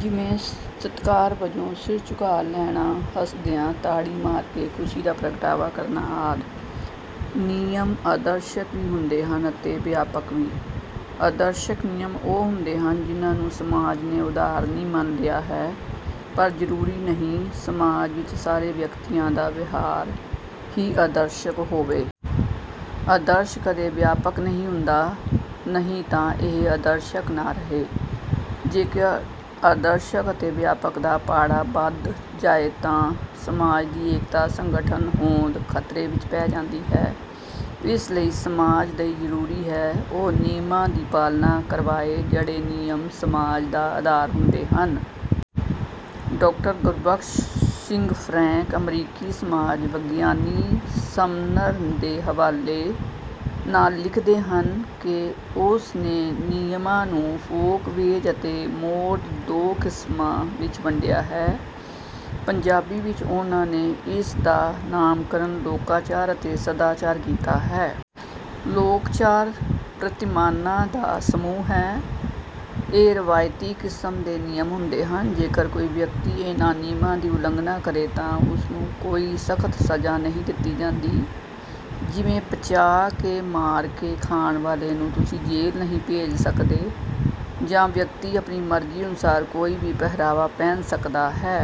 ਜਿਵੇਂ ਸਤਿਕਾਰ ਵਜੋਂ ਸਿਰ ਝੁਕਾ ਲੈਣਾ ਹੱਸਦਿਆਂ ਤਾੜੀ ਮਾਰ ਕੇ ਖੁਸ਼ੀ ਦਾ ਪ੍ਰਗਟਾਵਾ ਕਰਨਾ ਆਦਿ। ਨਿਯਮ ਆਦਰਸ਼ਕ ਵੀ ਹੁੰਦੇ ਹਨ ਅਤੇ ਵਿਆਪਕ ਵੀ। ਆਦਰਸ਼ਕ ਨਿਯਮ ਉਹ ਹੁੰਦੇ ਹਨ ਜਿਨ੍ਹਾਂ ਨੂੰ ਸਮਾਜ ਨੇ ਉਦਾਹਰਣੀ ਮੰਨ ਲਿਆ ਹੈ ਪਰ ਜ਼ਰੂਰੀ ਨਹੀਂ ਸਮਾਜ ਵਿੱਚ ਸਾਰੇ ਵਿਅਕਤੀਆਂ ਦਾ ਵਿਹਾਰ ਹੀ ਆਦਰਸ਼ਕ ਹੋਵੇ। ਆਦਰਸ਼ ਕਦੇ ਵਿਆਪਕ ਨਹੀਂ ਹੁੰਦਾ ਨਹੀਂ ਤਾਂ ਇਹ ਆਦਰਸ਼ਕ ਨਾ ਰਹੇ। ਜੇਕਰ ਆਦਰਸ਼ਕ ਅਤੇ ਵਿਆਪਕ ਦਾ ਪਾੜਾ ਵਧ ਜਾਏ ਤਾਂ ਸਮਾਜ ਦੀ ਏਕਤਾ ਸੰਗਠਨ ਹੋਂਦ ਖ਼ਤਰੇ ਵਿੱਚ ਪੈ ਜਾਂਦੀ ਹੈ। ਇਸ ਲਈ ਸਮਾਜ ਲਈ ਜ਼ਰੂਰੀ ਹੈ ਉਹ ਨਿਯਮਾਂ ਦੀ ਪਾਲਣਾ ਕਰਵਾਏ ਜਿਹੜੇ ਨਿਯਮ ਸਮਾਜ ਦਾ ਆਧਾਰ ਹੁੰਦੇ ਹਨ। ਡਾਕਟਰ ਗੁਰਬਖਸ਼ ਸਿੰਘ ਫਰੈਂਕ ਅਮਰੀਕੀ ਸਮਾਜ ਵਿਗਿਆਨੀ ਸਮਨਰ ਦੇ ਹਵਾਲੇ ਨਾਲ ਲਿਖਦੇ ਹਨ ਕਿ ਉਸ ਨੇ ਨਿਯਮਾਂ ਨੂੰ ਫੋਕਵੇਜ਼ ਅਤੇ ਮੋਰਜ਼ ਦੋ ਕਿਸਮਾਂ ਵਿੱਚ ਵੰਡਿਆ ਹੈ। ਪੰਜਾਬੀ ਵਿੱਚ ਉਨ੍ਹਾਂ ਨੇ ਇਸ ਦਾ ਨਾਮਕਰਣ ਲੋਕਾਚਾਰ ਅਤੇ ਸਦਾਚਾਰ ਕੀਤਾ ਹੈ। ਲੋਕਾਚਾਰ ਪ੍ਰਤਿਮਾਨਾਂ ਦਾ ਸਮੂਹ ਹੈ। ਇਹ ਰਵਾਇਤੀ ਕਿਸਮ ਦੇ ਨਿਯਮ ਹੁੰਦੇ ਹਨ। ਜੇਕਰ ਕੋਈ ਵਿਅਕਤੀ ਇਨ੍ਹਾਂ ਨਿਯਮਾਂ ਦੀ ਉਲੰਘਣਾ ਕਰੇ ਤਾਂ ਉਸ ਨੂੰ ਕੋਈ ਸਖ਼ਤ ਸਜ਼ਾ ਨਹੀਂ ਦਿੱਤੀ ਜਾਂਦੀ ਜਿਵੇਂ ਪਚਾ ਕੇ ਮਾਰ ਕੇ ਖਾਣ ਵਾਲੇ ਨੂੰ ਤੁਸੀਂ ਜੇਲ੍ਹ ਨਹੀਂ ਭੇਜ ਸਕਦੇ ਜਾਂ ਵਿਅਕਤੀ ਆਪਣੀ ਮਰਜ਼ੀ ਅਨੁਸਾਰ ਕੋਈ ਵੀ ਪਹਿਰਾਵਾ ਪਹਿਨ ਸਕਦਾ ਹੈ।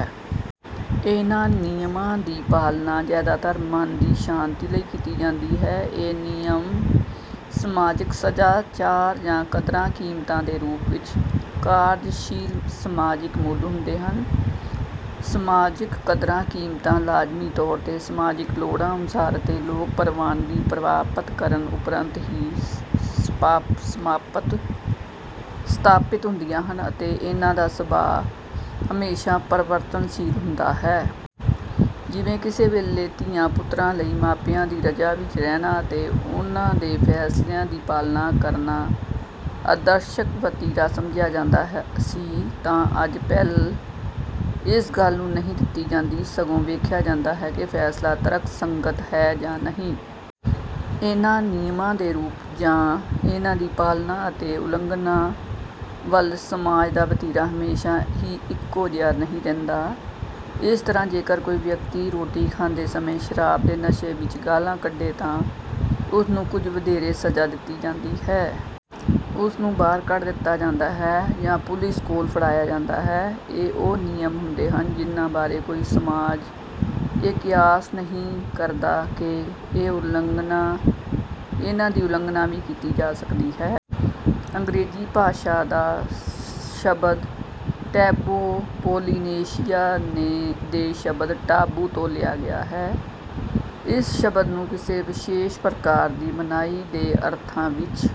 ਇਨ੍ਹਾਂ ਨਿਯਮਾਂ ਦੀ ਪਾਲਣਾ ਜ਼ਿਆਦਾਤਰ ਮਨ ਦੀ ਸ਼ਾਂਤੀ ਲਈ ਕੀਤੀ ਜਾਂਦੀ ਹੈ। ਇਹ ਨਿਯਮ ਸਮਾਜਕ ਸਦਾਚਾਰ ਜਾਂ ਕਦਰਾਂ ਕੀਮਤਾਂ ਦੇ ਰੂਪ ਵਿੱਚ ਕਾਰਜਸ਼ੀਲ ਸਮਾਜਕ ਮੁੱਲ ਹੁੰਦੇ ਹਨ। ਸਮਾਜਕ ਕਦਰਾਂ ਕੀਮਤਾਂ ਲਾਜ਼ਮੀ ਤੌਰ ਤੇ ਸਮਾਜਿਕ ਲੋੜਾਂ ਅਨੁਸਾਰ ਅਤੇ ਲੋਕ ਪ੍ਰਵਾਨਗੀ ਪ੍ਰਾਪਤ ਕਰਨ ਉਪਰੰਤ ਹੀ ਸਥਾਪਤ ਹੁੰਦੀਆਂ ਹਨ ਅਤੇ ਇਨ੍ਹਾਂ ਦਾ ਸੁਭਾਅ ਹਮੇਸ਼ਾ ਪਰਿਵਰਤਨਸ਼ੀਲ ਹੁੰਦਾ ਹੈ। ਜਿਵੇਂ ਕਿਸੇ ਵੇਲੇ ਧੀਆਂ ਪੁੱਤਰਾਂ ਲਈ ਮਾਪਿਆਂ ਦੀ ਰਜ਼ਾ ਵਿੱਚ ਰਹਿਣਾ ਅਤੇ ਉਨ੍ਹਾਂ ਦੇ ਫੈਸਲਿਆਂ ਦੀ ਪਾਲਣਾ ਕਰਨਾ ਆਦਰਸ਼ਕ ਵਤੀਰਾ ਸਮਝਿਆ ਜਾਂਦਾ ਸੀ ਤਾਂ ਅੱਜ ਪਹਿਲ ਇਸ ਗੱਲ ਨੂੰ ਨਹੀਂ ਦਿੱਤੀ ਜਾਂਦੀ ਸਗੋਂ ਵੇਖਿਆ ਜਾਂਦਾ ਹੈ ਕਿ ਫੈਸਲਾ ਤਰਕ ਸੰਗਤ ਹੈ ਜਾਂ ਨਹੀਂ। ਇਹਨਾਂ ਨਿਯਮਾਂ ਦਾ ਰੂਪ ਜਾਂ ਇਹਨਾਂ ਦੀ ਪਾਲਣਾ ਅਤੇ ਉਲੰਘਣਾ ਵੱਲ ਸਮਾਜ ਦਾ ਵਤੀਰਾ ਹਮੇਸ਼ਾ ਹੀ ਇੱਕੋ ਜਿਹਾ ਨਹੀਂ ਰਹਿੰਦਾ। ਇਸ ਤਰ੍ਹਾਂ ਜੇਕਰ ਕੋਈ ਵਿਅਕਤੀ ਰੋਟੀ ਖਾਂਦੇ ਸਮੇਂ ਸ਼ਰਾਬ ਦੇ ਨਸ਼ੇ ਵਿੱਚ ਗਾਲ੍ਹਾਂ ਕੱਢੇ ਤਾਂ ਉਸ ਨੂੰ ਕੁਝ ਵਧੇਰੇ ਸਜ਼ਾ ਦਿੱਤੀ ਜਾਂਦੀ ਹੈ। ਉਸ ਨੂੰ ਬਾਹਰ ਕੱਢ ਦਿੱਤਾ ਜਾਂਦਾ ਹੈ ਜਾਂ ਪੁਲਿਸ ਕੋਲ ਫੜਾਇਆ ਜਾਂਦਾ ਹੈ। ਇਹ ਉਹ ਨਿਯਮ ਹੁੰਦੇ ਹਨ ਜਿਨ੍ਹਾਂ ਬਾਰੇ ਕੋਈ ਸਮਾਜ ਇਹ ਕਿਆਸ ਹੀ ਨਹੀਂ ਕਰਦਾ ਕਿ ਇਹਨਾਂ ਦੀ ਉਲੰਘਣਾ ਵੀ ਕੀਤੀ ਜਾ ਸਕਦੀ ਹੈ। ਅੰਗਰੇਜ਼ੀ ਭਾਸ਼ਾ ਦਾ ਸ਼ਬਦ ਟੈਬੂ ਪੋਲੀਨੇਸ਼ੀਆ ਦੇ ਸ਼ਬਦ ਟਾਬੂ ਤੋਂ ਲਿਆ ਗਿਆ ਹੈ। ਇਸ ਸ਼ਬਦ ਨੂੰ ਕਿਸੇ ਵਿਸ਼ੇਸ਼ ਪ੍ਰਕਾਰ ਦੀ ਮਨਾਹੀ ਦੇ ਅਰਥਾਂ ਵਿੱਚ